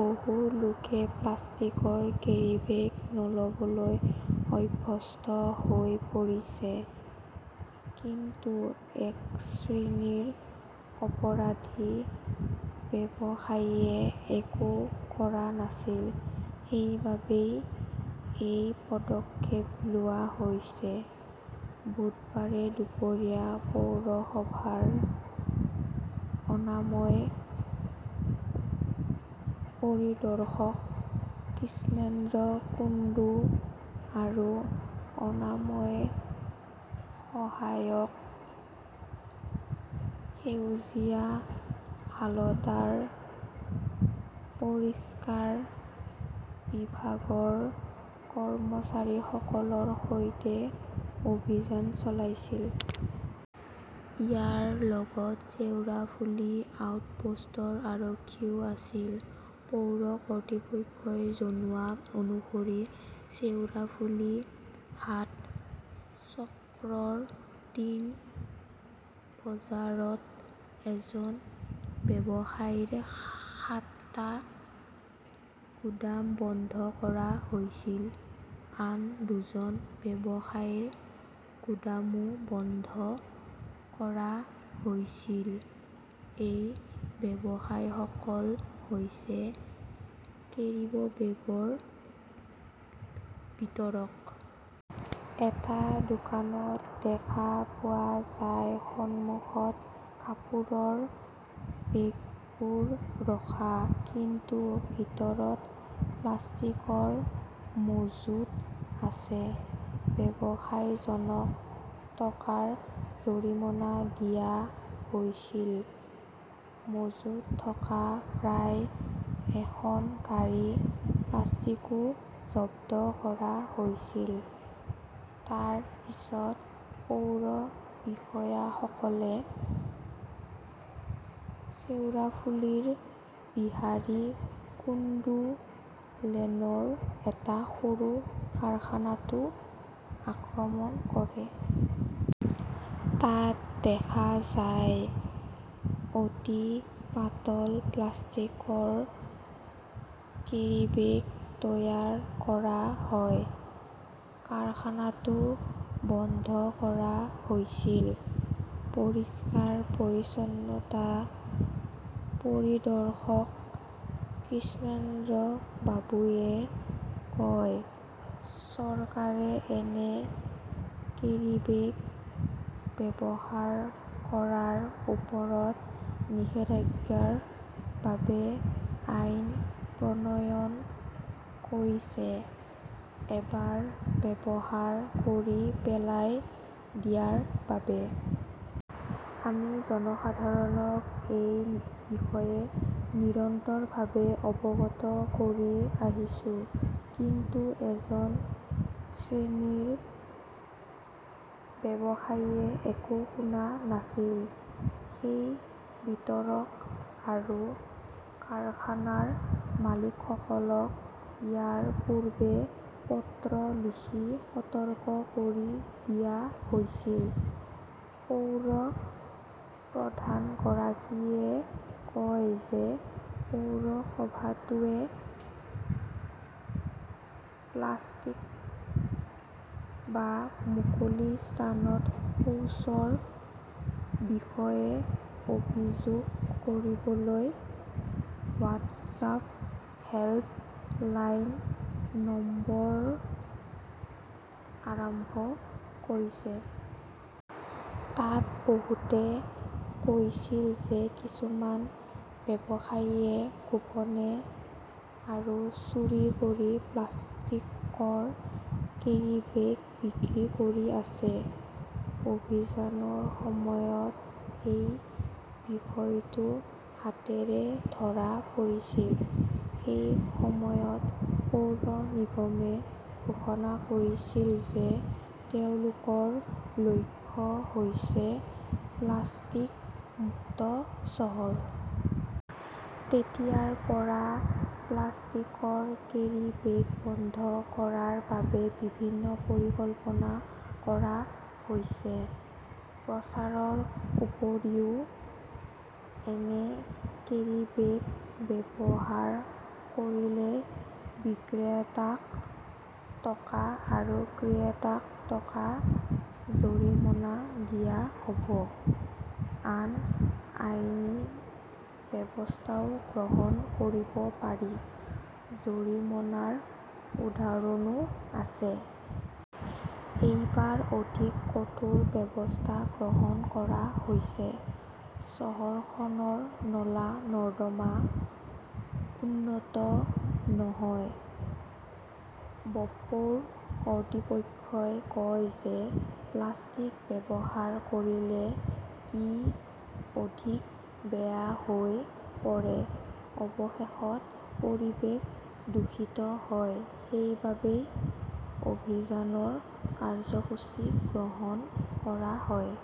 বহু লোকে প্লাষ্টিকৰ কেৰীবেগ নলবলৈ অভ্যস্ত হৈ পৰিছে। কিন্তু এক শ্ৰেণীৰ অপৰাধী ব্যৱসায়ীয়ে একো কৰা নাছিল। সেইবাবেই এই পদক্ষেপ লোৱা হৈছে। বুধবাৰে দুপৰীয়া পৌৰসভাৰ অনাময় পৰিদৰ্শক কৃষ্ণেন্দ্ৰ কুণ্ডু আৰু অনাময় সহায়ক সেউজীয়া হালদাৰ পৰিষ্কাৰ বিভাগৰ কৰ্মচাৰীসকলৰ সৈতে অভিযান চলাইছিল। ইয়াৰ লগত শ্বেওৰাফুলি আউটপোষ্টৰ আৰক্ষীও আছিল। পৌৰ কৰ্তৃপক্ষই জনোৱা অনুসৰি শ্বেওৰাফুলি হাট চক্ৰৰ টিন বজাৰত এজন ব্যৱসায়ীৰ সাতটা গুদাম বন্ধকৰা হৈছিল। আন দুজন ব্যৱসায়ীৰ গুদামো বন্ধ কৰা হৈছিল। এই ব্যৱসায়ীসকল হৈছে কেৰিববেগৰ বিতৰক। এটা দোকানত দেখা পোৱা যায় সন্মুখত কাপোৰৰ বেগবোৰ ৰখা, কিন্তু ভিতৰত প্লাষ্টিকৰ মজুত আছে। ব্যৱসায়ীজনক টকাৰ জৰিমনা দিয়া হৈছিল। মজুত থকা প্ৰায় এখন গাড়ী প্লাষ্টিকও জব্দ কৰা হৈছিল। তাৰ পিছত পৌৰ বিষয়াসকলে শ্বেওৰাফুলীৰ বিহাৰী কুণ্ডু লেনৰ এটা সৰু কাৰখানাতো আক্ৰমণ কৰে। তাত দেখা যায় অতি পাতল প্লাষ্টিকৰ কেৰিবেগ তৈয়াৰ কৰা হয়। কাৰখানাটো বন্ধ কৰা হৈছিল। পৰিষ্কাৰ-পৰিচ্ছন্নতা পৰিদৰ্শক কৃষ্ণেন্দ্ৰবাবুৱে কয়, চৰকাৰে এনে কেৰীবেগ ব্যৱহাৰ কৰাৰ ওপৰত নিষেধাজ্ঞাৰ বাবে আইন প্ৰণয়ন কৰিছে এবাৰ ব্যৱহাৰ কৰি পেলাই দিয়াৰ বাবে। আমি জনসাধাৰণক এই বিষয়ে নিৰন্তৰভাৱে অৱগত কৰি আহিছোঁ। কিন্তু এজন শ্ৰেণীৰ ব্যৱসায়ীয়ে একো শুনা নাছিল। সেই বিতৰক আৰু কাৰখানাৰ মালিকসকলক ইয়াৰ পূৰ্বে পত্ৰ লিখি সতৰ্ক কৰি দিয়া হৈছিল। পৌৰ প্ৰধানগৰাকীয়ে কয় যে পৌৰসভাটোৱে প্লাষ্টিক বা মুকলি স্থানত শৌচৰ বিষয়ে অভিযোগ কৰিবলৈ হোৱাটছআপ হেল্প লাইন নম্বৰ আৰম্ভ কৰিছে। তাত বহুতে কৈছিল যে কিছুমান ব্যৱসায়ীয়ে গোপনে আৰু চুৰি কৰি প্লাষ্টিকৰ কেৰীবেগ বিক্ৰী কৰি আছে। অভিযানৰ সময়ত এই বিষয়টো হাতেৰে ধৰা পৰিছিল। সেই সময়ত পৌৰ নিগমে ঘোষণা কৰিছিল যে তেওঁলোকৰ লক্ষ্য হৈছে প্লাষ্টিক-মুক্ত চহৰ। তেতিয়াৰ পৰা প্লাষ্টিকৰ কেৰিবেগ বন্ধ কৰাৰ বাবে বিভিন্ন পৰিকল্পনা কৰা হৈছে। প্ৰচাৰৰ উপৰিও এনে কেৰীবেগ ব্যৱহাৰ কৰিলে বিক্ৰেতাক টকা আৰু ক্ৰেতাক টকা জৰিমনা দিয়া হ 'ব। আন আইনী ব্যৱস্থাও গ্ৰহণ কৰিব পাৰি। জৰিমনাৰ উদাহৰণো আছে। এইবাৰ অধিক কঠোৰ ব্যৱস্থা গ্ৰহণ কৰা হৈছে। চহৰখনৰ নলা-নৰ্দমা উন্নত নহয় বপৌৰ কৰ্তৃপক্ষই কয় যে প্লাষ্টিক ব্যৱহাৰ কৰিলে ই অধিক বেয়া হৈ পৰে। অৱশেষত, পৰিৱেশ দূষিত হয়। সেইবাবেই অভিযানৰ কাৰ্যসূচী গ্ৰহণ কৰা হয়।